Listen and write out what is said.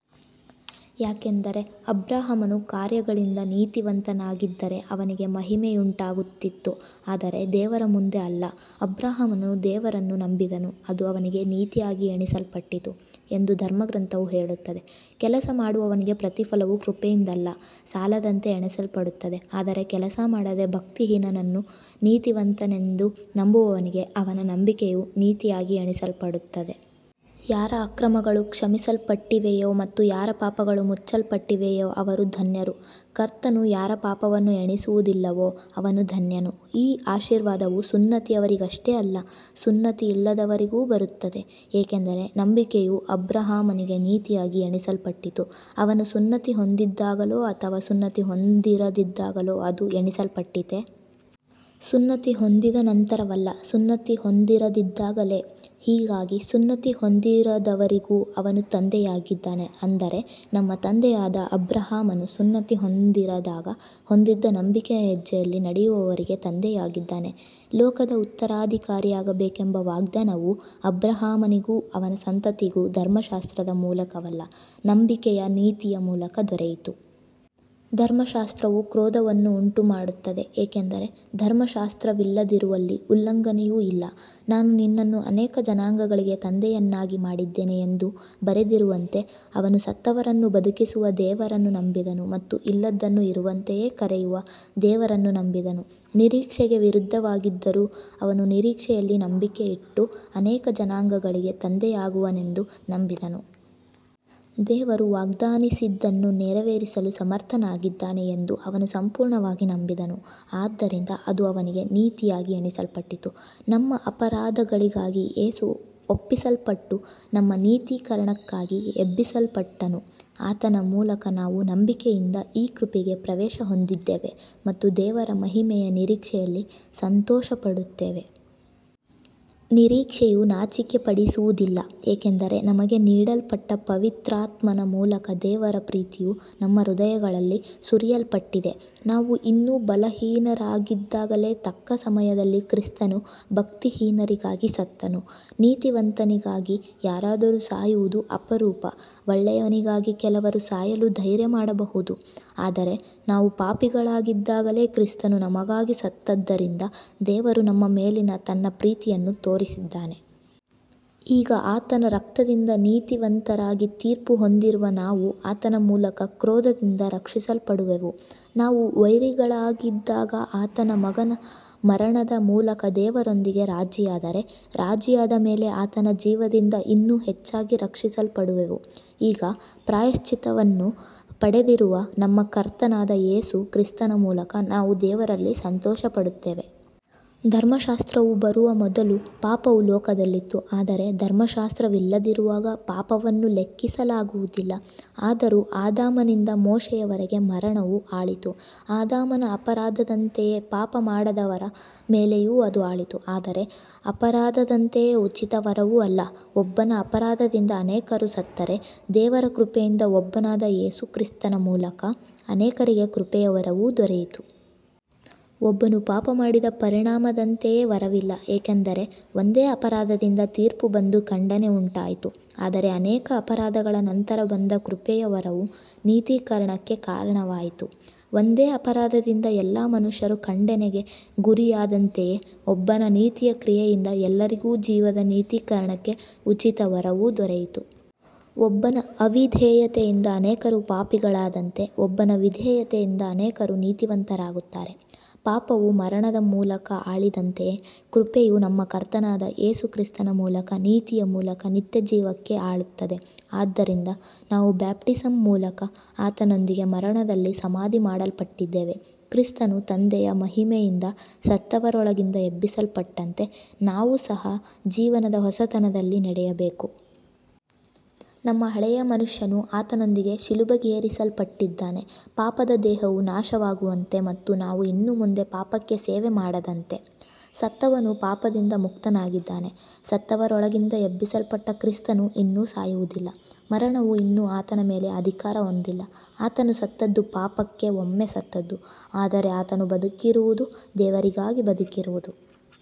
ಯಾಕಂದರೆ ಅಬ್ರಹಾಮನು ಕಾರ್ಯಗಳಿಂದ ನೀತಿವಂತನಾಗಿದ್ದರೆ ಅವನಿಗೆ ಮಹಿಮೆಯುಂಟಾಗುತ್ತಿತ್ತು, ಆದರೆ ದೇವರ ಮುಂದೆ ಅಲ್ಲ. ಅಬ್ರಹಾಮನು ದೇವರನ್ನು ನಂಬಿದನು, ಅದು ಅವನಿಗೆ ನೀತಿಯಾಗಿ ಎಣಿಸಲ್ಪಟ್ಟಿತು ಎಂದು ಧರ್ಮಗ್ರಂಥವು ಹೇಳುತ್ತದೆ. ಕೆಲಸ ಮಾಡುವವನಿಗೆ ಪ್ರತಿಫಲವು ಕೃಪೆಯಿಂದಲ್ಲ, ಸಾಲದಂತೆ ಎಣಿಸಲ್ಪಡುತ್ತದೆ. ಆದರೆ ಕೆಲಸ ಮಾಡದೆ, ಭಕ್ತಿಹೀನನನ್ನು ನೀತಿವಂತನೆಂದು ನಂಬುವವನಿಗೆ ಅವನ ನಂಬಿಕೆಯು ನೀತಿಯಾಗಿ ಎಣಿಸಲ್ಪಡುತ್ತದೆ. ಯಾರ ಅಕ್ರಮಗಳು ಕ್ಷಮಿಸಲ್ಪಟ್ಟಿವೆಯೋ ಮತ್ತು ಯಾರ ಪಾಪಗಳು ಮುಚ್ಚಲ್ಪಟ್ಟಿವೆಯೋ ಅವರು ಧನ್ಯರು. ಕರ್ತನು ಯಾರ ಪಾಪವನ್ನು ಎಣಿಸುವುದಿಲ್ಲವೋ ಅವನು ಧನ್ಯನು. ಈ ಆಶೀರ್ವಾದವು ಸುನ್ನತಿಯವರಿಗಷ್ಟೇ ಅಲ್ಲ, ಸುನ್ನತಿಯಿಲ್ಲದವರಿಗೂ ಬರುತ್ತದೆ, ಏಕೆಂದರೆ ನಂಬಿಕೆಯು ಅಬ್ರಹಾಮನಿಗೆ ನೀತಿಯಾಗಿ ಎಣಿಸಲ್ಪಟ್ಟಿತು. ಅವನು ಸುನ್ನತಿ ಹೊಂದಿದ್ದಾಗಲೋ ಅಥವಾ ಸುನ್ನತಿ ಹೊಂದಿರದಿದ್ದಾಗಲೋ ಅದು ಎಣಿಸಲ್ಪಟ್ಟಿತೇ. ಸುನ್ನತಿ ಹೊಂದಿದ ನಂತರವಲ್ಲ, ಸುನ್ನತಿ ಹೊಂದಿರದಿದ್ದಾಗಲೇ. ಹೀಗಾಗಿ ಸುನ್ನತಿ ಹೊಂದಿರದವರಿಗೂ ಅವನು ತಂದೆಯಾಗಿದ್ದಾನೆ, ಅಂದರೆ ನಮ್ಮ ತಂದೆಯಾದ ಅಬ್ರಹಾಮನು ಸುನ್ನತಿ ಹೊಂದಿರದಾಗ ಹೊಂದಿದ್ದ ನಂಬಿಕೆಯ ಹೆಜ್ಜೆಯಲ್ಲಿ ನಡೆಯುವವರಿಗೆ ತಂದೆಯಾಗಿದ್ದಾನೆ. ಲೋಕದ ಉತ್ತರಾಧಿಕಾರಿಯಾಗಬೇಕೆಂಬ ವಾಗ್ದಾನವು ಅಬ್ರಹಾಮನಿಗೂ ಅವನ ಸಂತತಿಗೂ ಧರ್ಮಶಾಸ್ತ್ರದ ಮೂಲಕವಲ್ಲ, ನಂಬಿಕೆಯ ನೀತಿಯ ಮೂಲಕ ದೊರೆಯಿತು. ಧರ್ಮಶಾಸ್ತ್ರವು ಕ್ರೋಧವನ್ನು ಉಂಟುಮಾಡುತ್ತದೆ, ಏಕೆಂದರೆ ಧರ್ಮಶಾಸ್ತ್ರವಿಲ್ಲದಿರುವಲ್ಲಿ ಉಲ್ಲಂಘನೆಯೂ ಇಲ್ಲ. ನಾನು ನಿನ್ನನ್ನು ಅನೇಕ ಜನಾಂಗಗಳಿಗೆ ತಂದೆಯನ್ನಾಗಿ ಮಾಡಿದ್ದೇನೆ ಎಂದು ಬರೆದಿರುವಂತೆ, ಅವನು ಸತ್ತವರನ್ನು ಬದುಕಿಸುವ ದೇವರನ್ನು ನಂಬಿದನು ಮತ್ತು ಇಲ್ಲದ್ದನ್ನು ಇರುವಂತೆಯೇ ಕರೆಯುವ ದೇವರನ್ನು ನಂಬಿದನು. ನಿರೀಕ್ಷೆಗೆ ವಿರುದ್ಧವಾಗಿದ್ದರೂ, ಅವನು ನಿರೀಕ್ಷೆಯಲ್ಲಿ ನಂಬಿಕೆಯಿಟ್ಟು ಅನೇಕ ಜನಾಂಗಗಳಿಗೆ ತಂದೆಯಾಗುವನೆಂದು ನಂಬಿದನು. ದೇವರು ವಾಗ್ದಾನಿಸಿದ್ದನ್ನು ನೆರವೇರಿಸಲು ಸಮರ್ಥನಾಗಿದ್ದಾನೆ ಎಂದು ಅವನು ಸಂಪೂರ್ಣವಾಗಿ ನಂಬಿದನು. ಆದ್ದರಿಂದ ಅದು ಅವನಿಗೆ ನೀತಿಯಾಗಿ ಎಣಿಸಲ್ಪಟ್ಟಿತು. ನಮ್ಮ ಅಪರಾಧಗಳಿಗಾಗಿ ಯೇಸು ಒಪ್ಪಿಸಲ್ಪಟ್ಟು, ನಮ್ಮ ನೀತೀಕರಣಕ್ಕಾಗಿ ಎಬ್ಬಿಸಲ್ಪಟ್ಟನು. ಆತನ ಮೂಲಕ ನಾವು ನಂಬಿಕೆಯಿಂದ ಈ ಕೃಪೆಗೆ ಪ್ರವೇಶ ಹೊಂದಿದ್ದೇವೆ ಮತ್ತು ದೇವರ ಮಹಿಮೆಯ ನಿರೀಕ್ಷೆಯಲ್ಲಿ ಸಂತೋಷಪಡುತ್ತೇವೆ. ನಿರೀಕ್ಷೆಯು ನಾಚಿಕೆಪಡಿಸುವುದಿಲ್ಲ, ಏಕೆಂದರೆ ನಮಗೆ ನೀಡಲ್ಪಟ್ಟ ಪವಿತ್ರಾತ್ಮನ ಮೂಲಕ ದೇವರ ಪ್ರೀತಿಯು ನಮ್ಮ ಹೃದಯಗಳಲ್ಲಿ ಸುರಿಯಲ್ಪಟ್ಟಿದೆ. ನಾವು ಇನ್ನೂ ಬಲಹೀನರಾಗಿದ್ದಾಗಲೇ, ತಕ್ಕ ಸಮಯದಲ್ಲಿ ಕ್ರಿಸ್ತನು ಭಕ್ತಿಹೀನರಿಗಾಗಿ ಸತ್ತನು. ನೀತಿವಂತನಿಗಾಗಿ ಯಾರಾದರೂ ಸಾಯುವುದು ಅಪರೂಪ, ಒಳ್ಳೆಯವನಿಗಾಗಿ ಕೆಲವರು ಸಾಯಲು ಧೈರ್ಯಮಾಡಬಹುದು. ಆದರೆ ನಾವು ಪಾಪಿಗಳಾಗಿದ್ದಾಗಲೇ ಕ್ರಿಸ್ತನು ನಮಗಾಗಿ ಸತ್ತದ್ದರಿಂದ ದೇವರು ನಮ್ಮ ಮೇಲಿನ ತನ್ನ ಪ್ರೀತಿಯನ್ನು ತೋರಿಸಿದ್ದಾನೆ. ಈಗ ಆತನ ರಕ್ತದಿಂದ ನೀತಿವಂತರಾಗಿ ತೀರ್ಪು ಹೊಂದಿರುವ ನಾವು ಆತನ ಮೂಲಕ ಕ್ರೋಧದಿಂದ ರಕ್ಷಿಸಲ್ಪಡುವೆವು. ನಾವು ವೈರಿಗಳಾಗಿದ್ದಾಗ ಆತನ ಮಗನ ಮರಣದ ಮೂಲಕ ದೇವರೊಂದಿಗೆ ರಾಜಿಯಾದರೆ, ರಾಜಿಯಾದ ಮೇಲೆ ಆತನ ಜೀವದಿಂದ ಇನ್ನೂ ಹೆಚ್ಚಾಗಿ ರಕ್ಷಿಸಲ್ಪಡುವೆವು. ಈಗ ಪ್ರಾಯಶ್ಚಿತ್ತವನ್ನು ಪಡೆದಿರುವ ನಮ್ಮ ಕರ್ತನಾದ ಯೇಸು ಕ್ರಿಸ್ತನ ಮೂಲಕ ನಾವು ದೇವರಲ್ಲಿ ಸಂತೋಷಪಡುತ್ತೇವೆ. ಧರ್ಮಶಾಸ್ತ್ರವು ಬರುವ ಮೊದಲು ಪಾಪವು ಲೋಕದಲ್ಲಿತ್ತು, ಆದರೆ ಧರ್ಮಶಾಸ್ತ್ರವಿಲ್ಲದಿರುವಾಗ ಪಾಪವನ್ನು ಲೆಕ್ಕಿಸಲಾಗುವುದಿಲ್ಲ. ಆದರೂ ಆದಾಮನಿಂದ ಮೋಶೆಯವರೆಗೆ ಮರಣವು ಆಳಿತು, ಆದಾಮನ ಅಪರಾಧದಂತೆಯೇ ಪಾಪಮಾಡದವರ ಮೇಲೆಯೂ ಅದು ಆಳಿತು. ಆದರೆ ಅಪರಾಧದಂತೆಯೇ ಉಚಿತ ವರವೂ ಅಲ್ಲ. ಒಬ್ಬನ ಅಪರಾಧದಿಂದ ಅನೇಕರು ಸತ್ತರೆ, ದೇವರ ಕೃಪೆಯಿಂದ ಒಬ್ಬನಾದ ಯೇಸು ಕ್ರಿಸ್ತನ ಮೂಲಕ ಅನೇಕರಿಗೆ ಕೃಪೆಯ ವರವು ದೊರೆಯಿತು. ಒಬ್ಬನು ಪಾಪಮಾಡಿದ ಪರಿಣಾಮದಂತೆಯೇ ವರವಿಲ್ಲ, ಏಕೆಂದರೆ ಒಂದೇ ಅಪರಾಧದಿಂದ ತೀರ್ಪು ಬಂದು ಖಂಡನೆ ಉಂಟಾಯಿತು, ಆದರೆ ಅನೇಕ ಅಪರಾಧಗಳ ನಂತರ ಬಂದ ಕೃಪೆಯ ವರವು ನೀತೀಕರಣಕ್ಕೆ ಕಾರಣವಾಯಿತು. ಒಂದೇ ಅಪರಾಧದಿಂದ ಎಲ್ಲ ಮನುಷ್ಯರು ಖಂಡನೆಗೆ ಗುರಿಯಾದಂತೆಯೇ, ಒಬ್ಬನ ನೀತಿಯ ಕ್ರಿಯೆಯಿಂದ ಎಲ್ಲರಿಗೂ ಜೀವದ ನೀತೀಕರಣಕ್ಕೆ ಉಚಿತ ವರವು ದೊರೆಯಿತು. ಒಬ್ಬನ ಅವಿಧೇಯತೆಯಿಂದ ಅನೇಕರು ಪಾಪಿಗಳಾದಂತೆ, ಒಬ್ಬನ ವಿಧೇಯತೆಯಿಂದ ಅನೇಕರು ನೀತಿವಂತರಾಗುತ್ತಾರೆ. ಪಾಪವು ಮರಣದ ಮೂಲಕ ಆಳಿದಂತೆಯೇ, ಕೃಪೆಯು ನಮ್ಮ ಕರ್ತನಾದ ಯೇಸು ಕ್ರಿಸ್ತನ ಮೂಲಕ ನೀತಿಯ ಮೂಲಕ ನಿತ್ಯಜೀವಕ್ಕೆ ಆಳುತ್ತದೆ. ಆದ್ದರಿಂದ ನಾವು ಬ್ಯಾಪ್ಟಿಸಮ್ ಮೂಲಕ ಆತನೊಂದಿಗೆ ಮರಣದಲ್ಲಿ ಸಮಾಧಿ ಮಾಡಲ್ಪಟ್ಟಿದ್ದೇವೆ, ಕ್ರಿಸ್ತನು ತಂದೆಯ ಮಹಿಮೆಯಿಂದ ಸತ್ತವರೊಳಗಿಂದ ಎಬ್ಬಿಸಲ್ಪಟ್ಟಂತೆ ನಾವು ಸಹ ಜೀವನದ ಹೊಸತನದಲ್ಲಿ ನಡೆಯಬೇಕು. ನಮ್ಮ ಹಳೆಯ ಮನುಷ್ಯನು ಆತನೊಂದಿಗೆ ಶಿಲುಬೆಗೇರಿಸಲ್ಪಟ್ಟಿದ್ದಾನೆ, ಪಾಪದ ದೇಹವು ನಾಶವಾಗುವಂತೆ ಮತ್ತು ನಾವು ಇನ್ನು ಮುಂದೆ ಪಾಪಕ್ಕೆ ಸೇವೆ ಮಾಡದಂತೆ. ಸತ್ತವನು ಪಾಪದಿಂದ ಮುಕ್ತನಾಗಿದ್ದಾನೆ. ಸತ್ತವರೊಳಗಿಂದ ಎಬ್ಬಿಸಲ್ಪಟ್ಟ ಕ್ರಿಸ್ತನು ಇನ್ನು ಸಾಯುವುದಿಲ್ಲ, ಮರಣವು ಇನ್ನು ಆತನ ಮೇಲೆ ಅಧಿಕಾರ ಹೊಂದಿಲ್ಲ. ಆತನು ಸತ್ತದ್ದು ಪಾಪಕ್ಕೆ ಒಮ್ಮೆ ಸತ್ತದ್ದು, ಆದರೆ ಆತನು ಬದುಕಿರುವುದು ದೇವರಿಗಾಗಿ ಬದುಕಿರುವುದು.